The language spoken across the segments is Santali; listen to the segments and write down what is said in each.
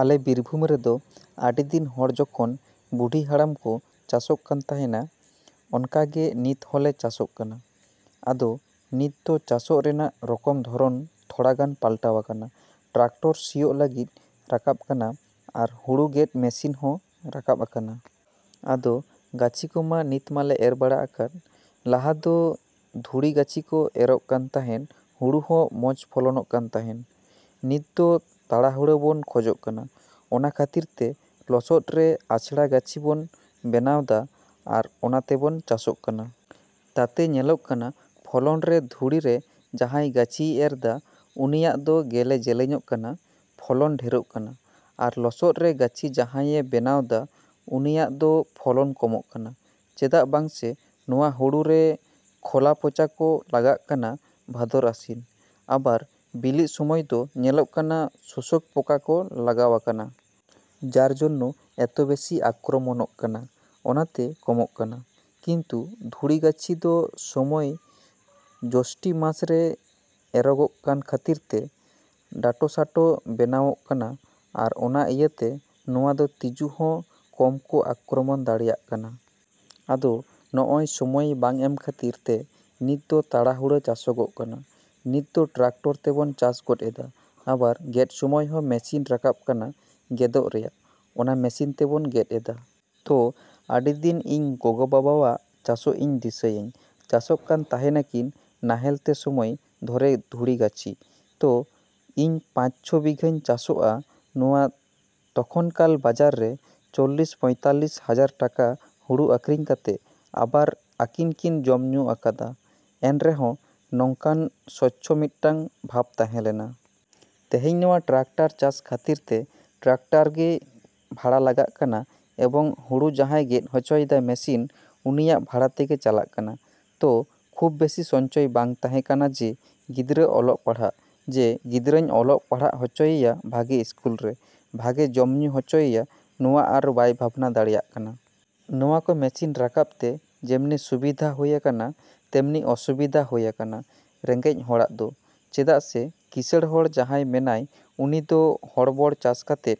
ᱟᱞᱮ ᱵᱤᱨᱵᱷᱩᱢ ᱨᱮᱫᱚ ᱟᱹᱰᱤ ᱫᱤᱱ ᱦᱚᱲ ᱡᱚᱠᱷᱚᱱ ᱵᱩᱰᱷᱤ ᱦᱟᱲᱟᱢ ᱠᱚ ᱪᱟᱥᱚᱜ ᱠᱟᱱ ᱛᱟᱦᱮᱸᱱᱟ, ᱚᱱᱠᱟ ᱜᱮ ᱱᱤᱛ ᱦᱚᱸᱞᱮ ᱪᱟᱥᱚᱜ ᱠᱟᱱᱟ᱾ ᱟᱫᱚ ᱱᱤᱛ ᱫᱚ ᱪᱟᱥᱚᱜ ᱨᱮᱱᱟᱜ ᱨᱚᱠᱚᱢ ᱫᱷᱚᱨᱚᱱ ᱛᱷᱚᱲᱟ ᱜᱟᱱ ᱯᱟᱞᱴᱟᱣ ᱟᱠᱟᱱᱟ᱾ ᱴᱨᱟᱠᱴᱟᱨ ᱥᱤᱭᱳᱜ ᱞᱟᱹᱜᱤᱫ ᱨᱟᱠᱟᱵ ᱠᱟᱱᱟ ᱟᱨ ᱦᱩᱲᱩ ᱜᱮᱫ ᱢᱮᱥᱤᱱ ᱦᱚᱸ ᱨᱟᱠᱟᱵ ᱟᱠᱟᱱᱟ᱾ ᱟᱫᱚ, ᱜᱟᱹᱪᱷᱤ ᱠᱚᱢᱟ ᱱᱤᱛ ᱢᱟᱞᱮ ᱮᱨ ᱵᱟᱲᱟ ᱟᱠᱟᱫ᱾ ᱞᱟᱦᱟ ᱫᱚ ᱫᱷᱩᱲᱤ ᱜᱟᱹᱪᱷᱤ ᱠᱚ ᱮᱨᱚᱜ ᱠᱟᱱ ᱛᱟᱦᱮᱸᱱ ᱦᱩᱲᱩ ᱦᱚᱸ ᱢᱚᱸᱡᱽ ᱯᱷᱚᱞᱚᱱᱚᱜ ᱠᱟᱱ ᱛᱟᱦᱮᱸᱱ᱾ ᱱᱤᱛ ᱫᱚ ᱛᱟᱲᱟᱦᱩᱲᱟᱹ ᱵᱚᱱ ᱠᱷᱚᱡᱽ ᱠᱟᱱᱟ, ᱚᱱᱟ ᱠᱷᱟᱹᱛᱤᱨ ᱛᱮ ᱞᱚᱥᱚᱫ ᱨᱮ ᱟᱪᱷᱲᱟ ᱜᱟᱹᱪᱷᱤ ᱵᱚᱱ ᱵᱮᱱᱟᱣᱫᱟ ᱟᱨ ᱚᱱᱟ ᱛᱮᱵᱚᱱ ᱪᱟᱥᱚᱜ ᱠᱟᱱᱟ᱾ ᱛᱟᱛᱮ ᱧᱮᱞᱚᱜᱚᱜ ᱠᱟᱱᱟ ᱯᱷᱚᱞᱚᱱ ᱨᱮ ᱫᱷᱩᱲᱤ ᱨᱮ ᱡᱟᱦᱟᱸᱭ ᱜᱟᱹᱪᱷᱤᱭ ᱮᱨᱫᱟ ᱩᱱᱤᱭᱟᱜ ᱫᱚ ᱜᱮᱞᱮ ᱡᱮᱞᱮᱧᱚᱜ ᱠᱟᱱᱟ, ᱯᱷᱚᱞᱚᱱ ᱰᱷᱮᱨᱚᱜ ᱠᱟᱱᱟ᱾ ᱟᱨ ᱞᱚᱥᱚᱫ ᱨᱮ ᱜᱟᱹᱪᱷᱤ ᱡᱟᱦᱟᱸᱭᱮ ᱵᱮᱱᱟᱣᱫᱟ ᱩᱱᱤᱭᱟᱜ ᱫᱚ ᱯᱷᱚᱞᱚᱱ ᱠᱚᱢᱚᱜᱚᱜ ᱠᱟᱱᱟ᱾ ᱪᱮᱫᱟᱜ ᱵᱟᱝᱥᱮ ᱱᱚᱣᱟ ᱦᱩᱲᱩ ᱨᱮ ᱠᱷᱚᱞᱟ ᱯᱚᱪᱟ ᱠᱚ ᱞᱟᱜᱟᱜ ᱠᱟᱱᱟ ᱵᱷᱟᱫᱚᱨ ᱟᱥᱤᱱ, ᱟᱵᱟᱨ ᱵᱤᱞᱤᱜ ᱥᱚᱢᱚᱭ ᱫᱚ ᱧᱮᱞᱚᱜ ᱠᱟᱱᱟ ᱥᱳᱥᱳᱠ ᱯᱚᱠᱟ ᱠᱚ ᱞᱟᱜᱟᱣ ᱟᱠᱟᱱᱟ᱾ ᱡᱟᱨ ᱡᱚᱱᱱᱚ ᱮᱛᱚᱵᱮᱹᱥᱤ ᱟᱠᱨᱚᱢᱚᱱᱚᱜ ᱠᱟᱱᱟ᱾ ᱚᱱᱟ ᱛᱮ ᱠᱚᱢᱚᱜ ᱠᱟᱱᱟ᱾ ᱠᱤᱱᱛᱩ ᱫᱷᱩᱲᱤ ᱜᱟᱹᱪᱷᱤ ᱫᱚ ᱥᱚᱢᱚᱭ ᱡᱳᱥᱴᱷᱤ ᱢᱟᱥ ᱨᱮ ᱮᱨᱚᱜᱚᱜ ᱠᱟᱱ ᱠᱷᱟᱹᱛᱤᱨ ᱛᱮ ᱰᱟᱸᱴᱚᱥᱟᱴᱚ ᱵᱮᱱᱟᱣᱚᱜ ᱠᱟᱱᱟ ᱟᱨ ᱚᱱᱟ ᱤᱭᱟᱹᱛᱮ ᱱᱚᱣᱟ ᱫᱚ ᱛᱤᱡᱩ ᱦᱚᱸ ᱠᱚᱢ ᱠᱚ ᱟᱠᱨᱚᱢᱚᱱ ᱫᱟᱲᱮᱭᱟᱜ ᱠᱟᱱᱟ᱾ ᱟᱫᱚ ᱱᱚᱜᱼᱚᱭ ᱥᱚᱢᱚᱭ ᱵᱟᱝ ᱮᱢ ᱠᱷᱟᱹᱛᱤᱨ ᱛᱮ ᱱᱤᱛ ᱫᱚ ᱛᱟᱲᱟᱦᱩᱲᱟ ᱪᱟᱥᱚᱜᱚᱜ ᱠᱟᱱᱟ᱾ ᱱᱤᱛ ᱫᱚ ᱴᱨᱟᱠᱴᱚᱨ ᱛᱮᱵᱚᱱ ᱪᱟᱥ ᱜᱚᱫ ᱮᱫᱟ᱾ ᱟᱵᱟᱨ ᱜᱮᱫ ᱥᱚᱢᱚᱭ ᱦᱚᱸ ᱢᱮᱹᱥᱤᱱ ᱨᱟᱠᱟᱵ ᱠᱟᱱᱟ ᱜᱮᱜᱮᱫ ᱨᱮᱭᱟᱜ, ᱚᱱᱟ ᱢᱮᱹᱥᱤᱱ ᱛᱮᱵᱚᱱ ᱜᱮᱫ ᱮᱫᱟ᱾ ᱛᱚ, ᱟᱹᱰᱤ ᱫᱤᱱ ᱤᱧ ᱜᱚᱜᱚᱼᱵᱟᱵᱟᱣᱟᱜ ᱪᱟᱥᱚᱜ ᱤᱧ ᱫᱤᱥᱟᱹᱭᱟᱹᱧ᱾ ᱪᱟᱥᱚᱜ ᱠᱟᱱ ᱛᱟᱦᱮᱸᱱᱟᱠᱤᱱ ᱱᱟᱦᱮᱞ ᱛᱮ ᱥᱚᱢᱚᱭ ᱫᱷᱚᱨᱮ ᱫᱷᱩᱲᱤ ᱜᱟᱹᱪᱷᱤ᱾ ᱛᱚ, ᱤᱧ ᱯᱟᱸᱪ, ᱪᱷᱚ ᱵᱤᱜᱷᱟᱹᱧ ᱪᱟᱥᱚᱜᱚᱜᱼᱟ ᱱᱚᱣᱟ ᱛᱚᱠᱷᱚᱱᱠᱟᱞ ᱵᱟᱡᱟᱨ ᱨᱮ ᱪᱚᱞᱞᱤᱥ ᱯᱚᱸᱭᱛᱟᱞᱞᱤᱥ ᱦᱟᱡᱟᱨ ᱴᱟᱠᱟ ᱦᱩᱲᱩ ᱟᱠᱷᱨᱤᱧ ᱠᱟᱛᱮ ᱟᱵᱟᱨ ᱟᱹᱠᱤᱱ ᱠᱤᱱ ᱡᱚᱢᱼᱧᱩ ᱟᱠᱟᱫᱼᱟ, ᱮᱱ ᱨᱮᱦᱚᱸ ᱱᱚᱝᱠᱟᱱ ᱥᱚᱪᱪᱷᱚᱞ ᱢᱤᱫᱴᱟᱝ ᱵᱷᱟᱵᱽ ᱛᱟᱦᱮᱸᱞᱮᱱᱟ᱾ ᱛᱤᱦᱤᱧ ᱱᱚᱣᱟ ᱴᱨᱟᱠᱴᱟᱨ ᱪᱟᱥ ᱠᱷᱟᱹᱛᱤᱨ ᱛᱮ ᱴᱨᱟᱠᱴᱟᱨ ᱜᱮ ᱵᱷᱟᱲᱟ ᱞᱟᱜᱟᱜ ᱠᱟᱱᱟ ᱮᱵᱚᱝ ᱦᱩᱲᱩ ᱡᱟᱦᱟᱸᱭ ᱜᱮᱫ ᱦᱚᱪᱚᱭᱮᱫᱟ ᱢᱮᱹᱥᱤᱱ ᱩᱱᱤᱭᱟᱜ ᱵᱷᱟᱲᱟ ᱛᱮᱜᱮ ᱪᱟᱞᱟᱜ ᱠᱟᱱᱟ᱾ ᱛᱚ, ᱠᱷᱩᱵᱽ ᱵᱮᱥᱤ ᱥᱚᱧᱪᱚᱭ ᱵᱟᱝ ᱛᱟᱦᱮᱸ ᱠᱟᱱᱟ ᱡᱮ, ᱜᱤᱫᱽᱨᱟᱹ ᱚᱞᱚᱜ ᱯᱟᱲᱦᱟᱜ, ᱡᱮ ᱜᱤᱫᱽᱨᱟᱹᱧ ᱚᱞᱚᱜ ᱯᱟᱲᱦᱟᱜ ᱦᱚᱪᱚᱭᱮᱭᱟ ᱵᱷᱟᱹᱜᱮ ᱤᱥᱠᱩᱞ ᱨᱮ, ᱵᱷᱟᱹᱜᱮ ᱡᱚᱢ ᱦᱚᱪᱚᱭᱮᱭᱟ ᱱᱚᱣᱟ ᱟᱨ ᱵᱟᱭ ᱵᱷᱟᱵᱽᱱᱟ ᱫᱟᱲᱮᱭᱟᱜ ᱠᱟᱱᱟ᱾ ᱱᱚᱣᱟ ᱠᱚ ᱢᱮᱹᱥᱤᱱ ᱨᱟᱠᱟᱵ ᱛᱮ ᱡᱮᱢᱱᱤ ᱥᱩᱵᱤᱫᱷᱟ ᱦᱩᱭ ᱟᱠᱟᱱᱟ ᱛᱮᱢᱱᱤ ᱚᱥᱩᱵᱤᱫᱷᱟ ᱦᱩᱭ ᱟᱠᱟᱱᱟ ᱨᱮᱸᱜᱮᱡ ᱦᱚᱲᱟᱜ ᱫᱚ᱾ ᱪᱮᱫᱟᱜ ᱥᱮ ᱠᱤᱸᱥᱟᱬ ᱦᱚᱲ ᱡᱟᱦᱟᱸᱭ ᱢᱮᱱᱟᱭ ᱩᱱᱤ ᱫᱚ ᱦᱚᱲᱵᱚᱲ ᱪᱟᱥ ᱠᱟᱛᱮ,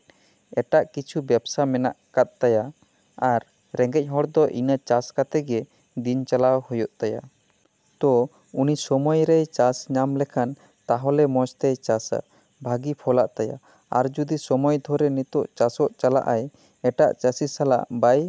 ᱮᱴᱟᱜ ᱠᱤᱪᱷᱩ ᱵᱮᱵᱽᱥᱟ ᱢᱮᱱᱟᱜ ᱠᱟᱫ ᱛᱟᱭᱟ ᱟᱨ ᱨᱮᱸᱜᱮᱡ ᱦᱚᱲ ᱫᱚ ᱤᱱᱟᱹ ᱪᱟᱥ ᱠᱟᱛᱮ ᱜᱮ ᱫᱤᱱ ᱪᱟᱞᱟᱣ ᱦᱩᱭᱩᱜ ᱛᱟᱭᱟ᱾ ᱛᱚ ᱩᱱᱤ ᱥᱚᱢᱚᱭ ᱨᱮᱭ ᱪᱟᱥ ᱧᱟᱢ ᱞᱮᱠᱷᱟᱱ ᱛᱟᱦᱞᱮ ᱢᱚᱸᱡᱽ ᱛᱮᱭ ᱪᱟᱥᱟ᱾ ᱵᱷᱟᱹᱜᱤ ᱯᱷᱚᱞᱟᱜ ᱛᱟᱭᱟ᱾ ᱟᱨ ᱡᱩᱫᱤ ᱥᱚᱢᱚᱭ ᱫᱷᱚᱨᱮ ᱱᱤᱛᱳᱜ ᱪᱟᱥᱚᱜ ᱪᱟᱞᱟᱜ ᱟᱭ ᱮᱴᱟᱜ ᱪᱟᱥᱤ ᱥᱟᱞᱟᱜ ᱵᱟᱭᱼᱼ